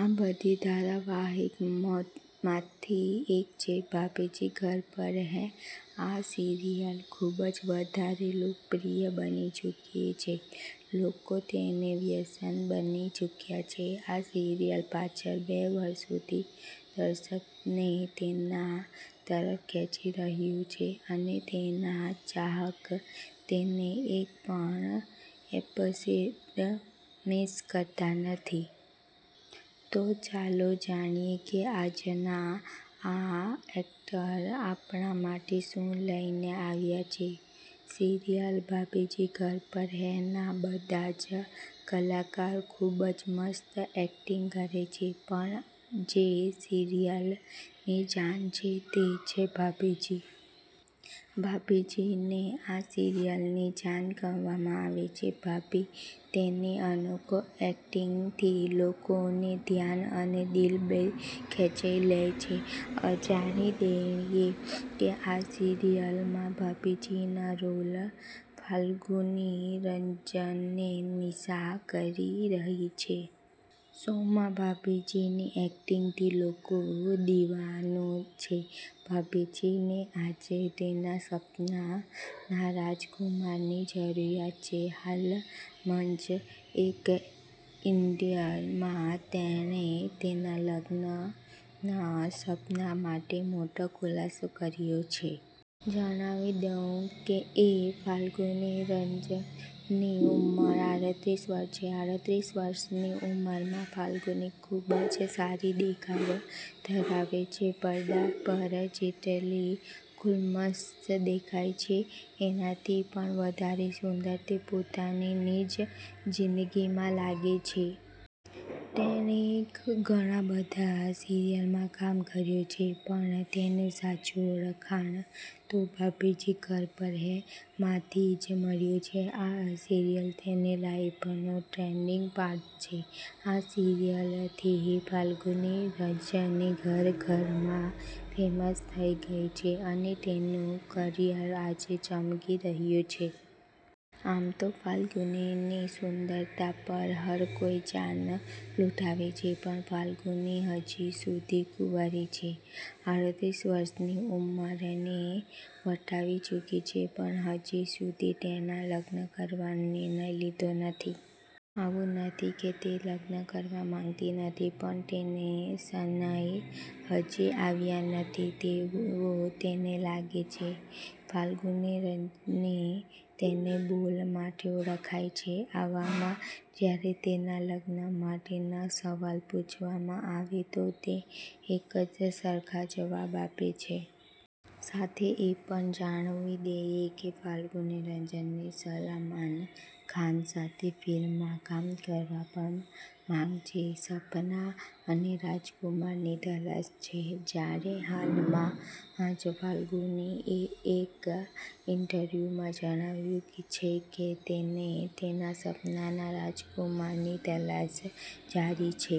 આ બધી ધારાવાહિક માંથી એક છે 'ભાભી જી ઘર પર હે'. આ સિરિયલ ખુબજ વધારે લોકપ્રિય બની ચૂક્યું છે. લોકો તેના વ્યસની બની ચુક્યા છે. આ સિરિયલ પાછલા બે વર્ષો થી દર્શકો ને તેની તરફ ખેંચી રહ્યું છે અને તેના ચાહકો તેનો એક પણ એપિસોડ મિસ કરતા નથી. તો ચાલો જાણીએ કે આજનો આ આર્કલ આપણા માટે શુ લઈ ને આવ્યો છે. સિરિયલ 'ભાભી જી ઘર પર હે' ના બધા જ કલાકાર ખુબજ મસ્ત એક્ટિંગ કરે છે, પણ જે સિરિયલ ની જાન છે તે છે ભાભીજી. ભાભીજી ને આ સિરિયલ ની જાન કહેવામાં આવે છે. ભાભી તેની અનોખી એક્ટિંગ થી લોકો નું ધ્યાન અને દિલ બન્ને ખેંચી લે છે. જણાવી દઈએ કે આ સિરિયલ માં ભાભીજી નો રોલ ફાલ્ગુની રજની નિશા કરી રહી છે. શો માં ભાભીજી ની એક્ટિંગ થી લોકો દીવાના છે. ભાભીજી ને આજે તેના સપના ના રાજકુમાર ની જરૂરિયાત છે. હાલ માજ એક ઇન્ટર માં તેણે તેના લગ્ન ન સપના માટે મોટો ખુલાસો કર્યો છે. જણાવી દઈએ એ ફાલ્ગુની રજની ની ઉંમર આડત્રીસ વર્ષ છે. આડત્રીસ વર્ષ ની ઉમર માં ફાલ્ગુની ખુબજ સારો દેખાવ ધરાવે છે. પરદા પર જેટલી ગ્લેમરસ દેખાય છે એનાથી પણ વધારે સુંદર તે પોતાની નિજી જિંદગી માં લાગે છે. તેણીએ ઘણી બધી સિરિયલ્સ માં કામ કર્યું છે પણ તેને સાચી ઓળખાણ તો ભાભીજી ઘર પર હે માંથી જ મળી છે. આ સિરિયલ તેની લાઈફ નો ટર્નિંગ પોઇન્ટ છે. આ સિરિયલ થી ફાલ્ગુની રજની ઘર ઘર માં ફેમસ થઈ ગઈ છે અને તેનું કરિયર આજે ચમકી રહ્યું છે. .આમ તો ફાલ્ગુની ની સુંદરતા પર હર કોઈ જાન લૂંટાવે છે, પણ ફાલ્ગુની હજુ સુધી કુંવારી છે. આડત્રીસ વર્ષ ની ઉંમર ને વટાવી ચુકી છે પણ હજુ સુધી તેણે લગ્ન કરવાનો નિર્ણય લીધો નથી. એવું નથી કે તે લગ્ન કરવા માંગતી નથી પણ તેનો સનય હજુ આવ્યો નથી તેવું તેને લાગે છે. ફાલ્ગુની રજની તેની બોલી માટે ઓળખાય છે. એવામાં જ્યારે તેને લગ્ન માટે ના સવાલ પૂછવામાં આવે તો તે એકજ સરખા જવાબ આપે છે. સાથે એ પણ જણાવી દઈએ કે ફાલ્ગુની રજની સલમાન ખાન સાથે ફિલ્મ માં કામ કરવા પણ માંગે છે. સપના ના રાજકુમાર ની તલાશ છે જારી હાલ માં જ ફાલ્ગુની એ એક ઇન્ટરવ્યૂ માં જણાવ્યું છે કે તેને તેના સપનાના રાજકુમાર ની તલાશ જારી છે.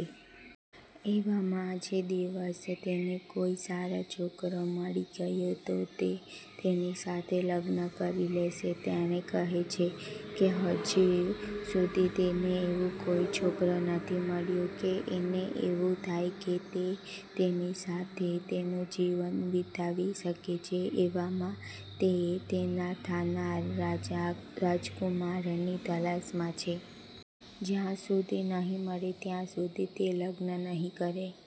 એવામાં જે દિવસે તેને કોઈ સારો છોકરો મળી ગયો, તો તે તેની સાથે લગ્ન કરી લેશે. તેણી કહે છે કે હજુ સુધી તેને એવો કોઈ છોકરો નથી મળ્યો કે એને એવું થાય કે તે તેની સાથે તેનું જીવન વિતાવી શકે છે, એવામાં તે તેના થનારા રાજકુમાર ની તલાશ માં છે. જ્યાં સુધી નહીં મળે ત્યાં સુધી તે લગ્ન નહિ કરે.